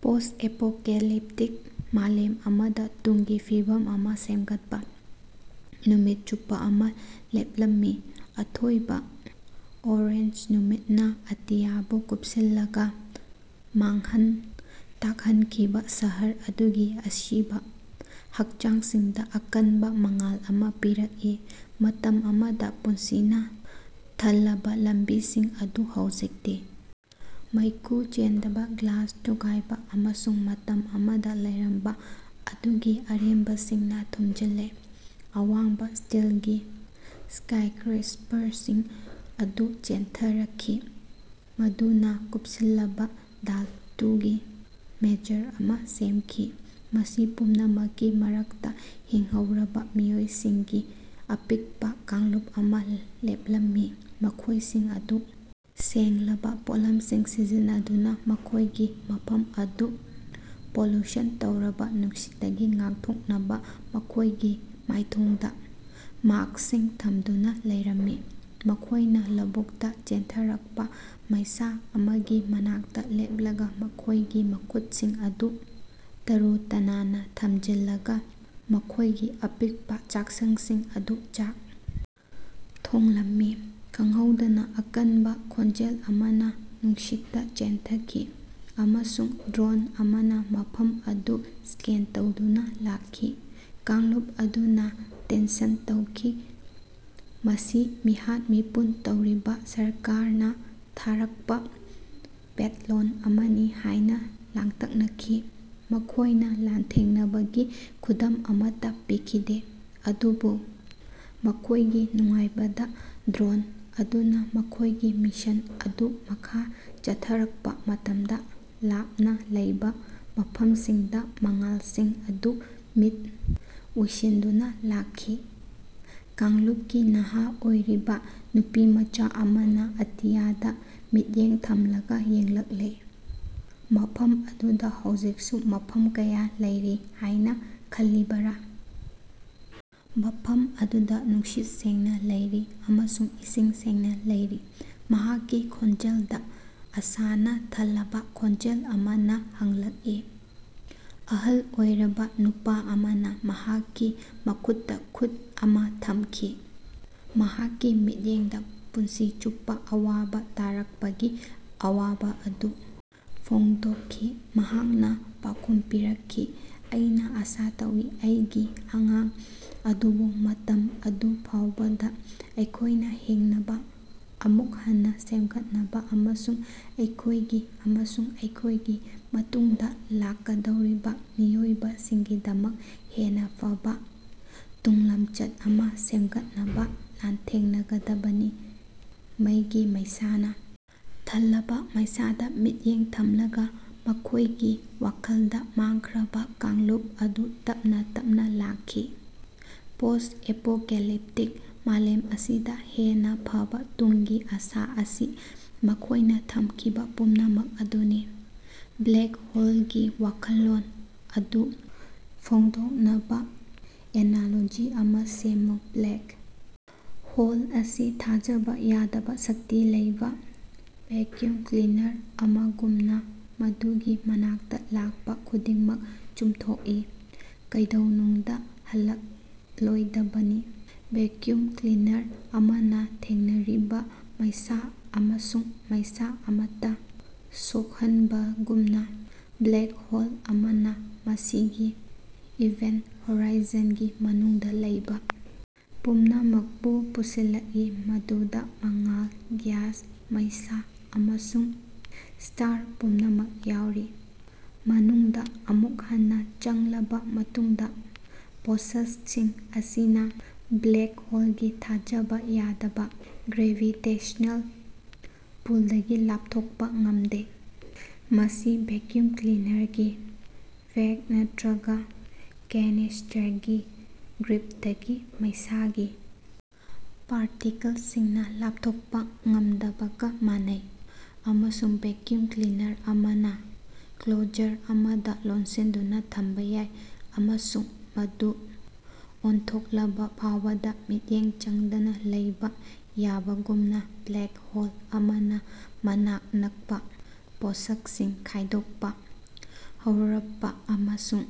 "Post-apocalyptic ꯃꯥꯂꯦꯝ ꯑꯃꯗꯥ ꯇꯨꯡꯒꯤ ꯐꯤꯕꯝ ꯑꯃꯥ ꯁꯦꯝꯒꯠꯄꯥ꯫ ꯅꯨꯃꯤꯠ ꯆꯨꯞꯄꯥ ꯑꯃꯥ ꯂꯦꯞꯂꯝꯃꯤ, ꯑꯊꯣꯏꯕꯥ ꯑꯣꯔꯦꯟꯖ ꯅꯨꯡꯁꯤꯠꯅꯥ ꯑꯇꯤꯌꯥꯕꯨ ꯀꯨꯄꯁꯤꯜꯂꯒꯥ, ꯃꯥꯡꯍꯟ ꯇꯥꯛꯍꯟꯈꯤꯕꯥ ꯁꯍꯔ ꯑꯗꯨꯒꯤ ꯑꯁꯤꯕꯥ ꯍꯛꯆꯥꯡꯁꯤꯡꯗꯥ ꯑꯀꯟꯕꯥ ꯃꯉꯥꯜ ꯑꯃꯥ ꯄꯤꯔꯛꯏ꯫ ꯃꯇꯝ ꯑꯃꯗꯥ ꯄꯨꯟꯁꯤꯅꯥ ꯊꯜꯂꯕꯥ ꯂꯝꯕꯤꯁꯤꯡ ꯑꯗꯨ ꯍꯧꯖꯤꯛꯇꯤ ꯃꯩꯈꯨ ꯆꯦꯟꯗꯕꯥ, ꯒ꯭ꯂꯥꯁ ꯊꯨꯒꯥꯏꯕꯥ ꯑꯃꯁꯨꯡ ꯃꯇꯝ ꯑꯃꯗꯥ ꯂꯩꯔꯝꯕꯥ ꯑꯗꯨꯒꯤ ꯑꯔꯦꯝꯕꯁꯤꯡꯅꯥ ꯊꯨꯝꯖꯤꯜꯂꯦ꯫ ꯑꯋꯥꯡꯕꯥ ꯁ꯭ꯇꯤꯜꯒꯤ ꯁ꯭ꯀꯥꯏꯀ꯭ꯔꯦꯁꯄꯔꯁꯤꯡ ꯑꯗꯨ ꯆꯦꯟꯊꯔꯛꯈꯤ꯫ ꯃꯗꯨꯅꯥ ꯀꯨꯄꯁꯤꯜꯂꯕꯥ ꯙꯥꯇꯨꯒꯤ ꯃꯦꯖꯔ ꯑꯃꯥ ꯁꯦꯝꯈꯤ꯫ ꯃꯁꯤ ꯄꯨꯝꯅꯃꯛꯀꯤ ꯃꯔꯛꯇꯥ ꯍꯤꯡꯍꯧꯔꯕꯥ ꯃꯤꯑꯣꯏꯁꯤꯡꯒꯤ ꯑꯄꯤꯛꯄꯥ ꯀꯥꯡꯂꯨꯞ ꯑꯃꯥ ꯂꯦꯞꯂꯝꯃꯤ꯫ ꯃꯈꯣꯏꯁꯤꯡ ꯑꯗꯨ ꯁꯦꯡꯂꯕꯥ ꯄꯣꯠꯂꯝꯁꯤꯡ ꯁꯤꯖꯤꯟꯅꯗꯨꯅꯥ ꯃꯈꯣꯏꯒꯤ ꯃꯐꯝ ꯑꯗꯨ ꯄꯣꯂꯨꯁꯟ ꯇꯧꯔꯕꯥ ꯅꯨꯡꯁꯤꯠꯇꯒꯤ ꯉꯥꯛꯊꯣꯛꯅꯕꯥ ꯃꯈꯣꯏꯒꯤ ꯃꯥꯏꯊꯣꯡꯗꯥ ꯃꯥꯁ꯭ꯀꯁꯤꯡ ꯊꯝꯗꯨꯅꯥ ꯂꯩꯔꯝꯃꯤ꯫ ꯃꯈꯣꯏꯅꯥ ꯂꯧꯕꯨꯛꯇꯥ ꯆꯦꯟꯊꯔꯛꯄꯥ ꯃꯩꯁꯥ ꯑꯃꯒꯤ ꯃꯅꯥꯛꯇꯥ ꯂꯦꯞꯂꯒꯥ ꯃꯈꯣꯏꯒꯤ ꯃꯈꯨꯠꯁꯤꯡ ꯑꯗꯨ ꯇꯔꯨ ꯇꯅꯥꯟꯅꯥ ꯊꯝꯖꯤꯜꯂꯒꯥ ꯃꯈꯣꯏꯒꯤ ꯑꯄꯤꯛꯄꯥ ꯆꯥꯛꯁꯪꯁꯤꯡ ꯑꯗꯨ ꯆꯥꯛ ꯊꯣꯡꯂꯝꯃꯤ꯫ ꯈꯪꯍꯧꯗꯅꯥ ꯑꯀꯟꯕꯥ ꯈꯣꯟꯖꯦꯜ ꯑꯃꯅꯥ ꯅꯨꯡꯁꯤꯠꯇꯥ ꯆꯦꯟꯊꯈꯤ, ꯑꯃꯁꯨꯡ ꯗ꯭ꯔꯣꯟ ꯑꯃꯅꯥ ꯃꯐꯝ ꯑꯗꯨ ꯁ꯭ꯀꯦꯟ ꯇꯧꯗꯨꯅꯥ ꯂꯥꯛꯈꯤ꯫ ꯀꯥꯡꯂꯨꯞ ꯑꯗꯨꯅꯥ ꯇꯦꯟꯁꯟ ꯇꯧꯈꯤ꯫ ꯃꯁꯤ ꯃꯤꯍꯥꯠ-ꯃꯤꯄꯨꯟ ꯇꯧꯔꯤꯕꯥ ꯁꯔꯀꯥꯔꯅꯥ ꯊꯥꯔꯛꯄꯥ ꯄꯦꯠꯂꯣꯜ ꯑꯃꯅꯤ ꯍꯥꯏꯅꯥ ꯂꯥꯡꯇꯛꯅꯈꯤ꯫ ꯃꯈꯣꯏꯅꯥ ꯂꯥꯟꯊꯦꯡꯅꯕꯒꯤ ꯈꯨꯗꯝ ꯑꯃꯠꯇꯥ ꯊꯤꯈꯤꯗꯦ꯫ ꯑꯗꯨꯕꯨ, ꯃꯈꯣꯏꯒꯤ ꯅꯨꯡꯉꯥꯏꯕꯗꯥ ꯗ꯭ꯔꯣꯟ ꯑꯗꯨꯅꯥ ꯃꯈꯣꯏꯒꯤ ꯃꯤꯁꯟ ꯑꯗꯨ ꯃꯈꯥ ꯆꯠꯊꯔꯛꯄꯥ ꯃꯇꯝꯗꯥ ꯂꯥꯞꯅꯥ ꯂꯩꯕꯥ ꯃꯐꯝꯁꯤꯡꯗꯥ ꯃꯉꯥꯜꯁꯤꯡ ꯑꯗꯨ ꯃꯤꯠ ꯎꯏꯁꯤꯟꯗꯨꯅꯥ ꯂꯥꯛꯈꯤ꯫ ꯀꯥꯡꯂꯨꯄꯀꯤ ꯅꯍꯥ ꯑꯣꯏꯔꯤꯕꯥ ꯅꯨꯄꯤꯃꯆꯥ ꯑꯃꯅꯥ ꯑꯇꯤꯌꯥꯗꯥ ꯃꯤꯠꯌꯦꯡ ꯊꯝꯂꯒꯥ ꯌꯦꯡꯂꯛꯂꯦ꯫ ꯃꯐꯝ ꯑꯗꯨꯗꯥ ꯍꯧꯖꯤꯛꯁꯨ ꯃꯐꯝ ꯀꯌꯥ ꯂꯩꯔꯤ ꯍꯥꯌꯅꯥ ꯈꯜꯂꯤꯕꯔꯥ? ꯃꯐꯝ ꯑꯗꯨꯗꯥ ꯅꯨꯡꯁꯤꯠ ꯁꯦꯡꯅꯥ ꯂꯩꯔꯤ ꯑꯃꯁꯨꯡ ꯏꯁꯤꯡ ꯁꯦꯡꯅꯥ ꯂꯩꯔꯤ꯫ ꯃꯍꯥꯛꯀꯤ ꯈꯣꯟꯖꯦꯜꯗꯥ ꯑꯥꯁꯥꯅꯥ ꯊꯜꯂꯕꯥ ꯈꯣꯟꯖꯦꯜ ꯑꯃꯅ ꯍꯪꯂꯛꯏ꯫ ꯑꯍꯜ ꯑꯣꯏꯔꯕꯥ ꯅꯨꯄꯥ ꯑꯃꯅꯥ ꯃꯍꯥꯛꯀꯤ ꯃꯈꯨꯠꯇꯥ ꯈꯨꯠ ꯑꯃꯥ ꯊꯝꯈꯤ꯫ ꯃꯍꯥꯛꯀꯤ ꯃꯤꯠꯌꯦꯡꯗꯥ ꯄꯨꯟꯁꯤ ꯆꯨꯞꯄꯥ ꯑꯋꯥꯕꯥ ꯇꯥꯔꯛꯄꯒꯤ ꯑꯋꯥꯕꯥ ꯑꯗꯨ ꯐꯣꯡꯗꯣꯀꯈꯤ꯫ ꯃꯍꯥꯛꯅꯥ ꯄꯥꯎꯈꯨꯝ ꯄꯤꯔꯀꯈꯤ, "ꯑꯩꯅꯥ ꯑꯥꯁꯥ ꯇꯧꯏ, ꯑꯩꯒꯤ ꯑꯉꯥꯡ ꯑꯗꯨꯕꯨ ꯃꯇꯝ ꯑꯗꯨ ꯐꯥꯎꯕꯗꯥ ꯑꯩꯈꯣꯏꯅꯥ ꯍꯤꯡꯅꯕꯥ, ꯑꯃꯨꯛ ꯍꯟꯅꯥ ꯁꯦꯝꯒꯠꯅꯕꯥ ꯑꯃꯁꯨꯡ ꯑꯩꯈꯣꯏꯒꯤ ꯑꯃꯁꯨꯡ ꯑꯩꯈꯣꯏꯒꯤ ꯃꯇꯨꯡꯗꯥ ꯂꯥꯛꯀꯗꯧꯔꯤꯕꯥ ꯃꯤꯑꯣꯏꯁꯤꯡꯒꯤꯗꯃꯛ ꯍꯦꯟꯅꯥ ꯐꯕꯥ ꯇꯨꯡꯂꯃꯆꯠ ꯑꯃꯥ ꯁꯦꯃꯒꯠꯅꯕꯥ ꯂꯥꯟꯊꯦꯡꯅꯒꯗꯕꯅꯤ꯫ ꯃꯩꯒꯤ ꯃꯩꯁꯥꯅꯥ ꯊꯜꯂꯕꯥ ꯃꯩꯁꯥꯗꯥ ꯃꯤꯠꯌꯦꯡ ꯊꯝꯂꯒꯥ ꯃꯈꯣꯏꯒꯤ ꯋꯥꯈꯜꯗꯥ ꯃꯥꯡꯈ꯭ꯔꯕꯥ ꯀꯥꯡꯂꯨꯞ ꯑꯗꯨ ꯇꯞꯅꯥ ꯇꯞꯅꯥ ꯂꯥꯛꯈꯤ꯫ ꯄꯣꯁꯠ-ꯑꯦꯄꯣꯀꯦꯂꯤꯄꯇꯤꯛ ꯃꯥꯂꯦꯝ ꯑꯁꯤꯗꯥ ꯍꯦꯟꯅꯥ ꯐꯕꯥ ꯇꯨꯡꯒꯤ ꯑꯥꯁꯥ ꯑꯁꯤ ꯃꯈꯣꯏꯅꯥ ꯊꯝꯈꯤꯕꯥ ꯄꯨꯝꯅꯃꯛ ꯑꯗꯨꯅꯤ꯫ ꯕ꯭ꯂꯦꯛ ꯍꯣꯂꯒꯤ ꯋꯥꯈꯜꯂꯣꯟ ꯑꯗꯨ ꯐꯣꯡꯗꯣꯛꯅꯕꯥ ꯑꯦꯅꯥꯂꯣꯖꯤ ꯑꯃꯥ ꯁꯦꯝꯃꯨ꯫ ꯕ꯭ꯂꯦꯛ ꯍꯣꯜ ꯑꯁꯤ ꯊꯥꯖꯕꯥ ꯌꯥꯗꯕꯥ ꯁꯛꯇꯤ ꯂꯩꯕꯥ ꯚꯦꯛꯌꯨꯝ ꯀ꯭ꯂꯤꯅꯔ ꯑꯃꯒꯨꯝꯅꯥ ꯃꯗꯨꯒꯤ ꯃꯅꯥꯛꯇꯥ ꯂꯥꯛꯄꯥ ꯈꯨꯗꯤꯡꯃꯛ ꯆꯨꯝꯊꯣꯛꯏ ꯀꯩꯗꯧꯅꯨꯡꯗꯥ ꯍꯜꯂꯛꯂꯣꯏꯗꯕꯅꯤ꯫ ꯚꯦꯛꯌꯨꯝ ꯀ꯭ꯂꯤꯅꯔ ꯑꯃꯅꯥ ꯊꯦꯡꯅꯔꯤꯕꯥ ꯃꯩꯁꯥ ꯑꯃꯁꯨꯡ ꯃꯩꯁꯥ ꯑꯃꯠꯇꯥ ꯁꯣꯀꯍꯟꯕꯒꯨꯝꯅꯥ ꯕ꯭ꯂꯦꯛ ꯍꯣꯜ ꯑꯃꯅꯥ ꯃꯁꯤꯒꯤ ꯏꯚꯦꯟꯇ ꯍꯣꯔꯥꯏꯖꯟꯒꯤ ꯃꯅꯨꯡꯗꯥ ꯂꯩꯕꯥ ꯄꯨꯝꯅꯃꯛꯄꯨ ꯄꯨꯁꯤꯜꯂꯛꯏ, ꯃꯗꯨꯗꯥ ꯃꯉꯥꯜ, ꯒ꯭ꯌꯥꯁ, ꯃꯩꯁꯥ ꯑꯃꯁꯨꯡ ꯁ꯭ꯇꯥꯔ ꯄꯨꯝꯅꯃꯛ ꯌꯥꯎꯔꯤ꯫ ꯃꯅꯨꯡꯗꯥ ꯑꯃꯨꯛ ꯍꯟꯅꯥ ꯆꯪꯂꯕꯥ ꯃꯇꯨꯡꯗꯥ, ꯄꯣꯠꯁꯀꯁꯤꯡ ꯑꯁꯤꯅꯥ ꯕ꯭ꯂꯦꯛ ꯍꯣꯂꯒꯤ ꯊꯥꯖꯕꯥ ꯌꯥꯗꯕꯥ ꯒ꯭ꯔꯦꯚꯤꯇꯦꯁꯅꯦꯜ ꯄꯨꯜꯗꯒꯤ ꯂꯥꯄꯊꯣꯛꯄꯥ ꯉꯝꯗꯦ, ꯃꯁꯤ ꯚꯦꯛꯌꯨꯝ ꯀ꯭ꯂꯤꯅꯔꯒꯤ ꯕꯦꯒ ꯅꯠꯇ꯭ꯔꯒꯥ ꯀꯦꯅꯤꯁꯇꯔꯒꯤ ꯒ꯭ꯔꯤꯄꯇꯒꯤ ꯃꯩꯁꯥꯒꯤ ꯄꯥꯔꯇꯤꯀꯂꯁꯤꯡꯅꯥ ꯂꯥꯄꯊꯣꯛꯄꯥ ꯉꯝꯗꯕꯒꯥ ꯃꯥꯟꯅꯩ꯫ ꯑꯃꯁꯨꯡ ꯚꯦꯛꯌꯨꯝ ꯀ꯭ꯂꯤꯅꯔ ꯑꯃꯅꯥ ꯀ꯭ꯂꯣꯖꯔ ꯑꯃꯗꯥ ꯂꯣꯠꯁꯤꯟꯗꯨꯅꯥ ꯊꯝꯕꯥ ꯌꯥꯏ ꯑꯃꯁꯨꯡ ꯃꯗꯨ ꯑꯣꯟꯊꯣꯛꯂꯕꯥ ꯐꯥꯎꯕꯗ ꯃꯤꯠꯌꯦꯡ ꯆꯪꯗꯅꯥ ꯂꯩꯕꯥ ꯌꯥꯕꯒꯨꯝꯅꯥ ꯕ꯭ꯂꯦꯛ ꯍꯣꯜ ꯑꯃꯅꯥ ꯃꯅꯥꯛ ꯅꯛꯄꯥ ꯄꯣꯠꯁꯀꯁꯤꯡ ꯈꯥꯏꯗꯣꯛꯄꯥ ꯍꯧꯔꯚꯄꯥ ꯑꯃꯁꯨꯡ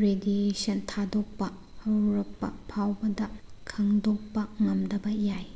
ꯔꯦꯗꯤꯑꯦꯁꯟ ꯊꯥꯗꯣꯛꯄꯥ ꯍꯧꯔꯚꯄꯥ ꯐꯥꯎꯕꯗ ꯈꯪꯗꯣꯛꯄꯥ ꯉꯝꯗꯕ ꯌꯥꯏ꯫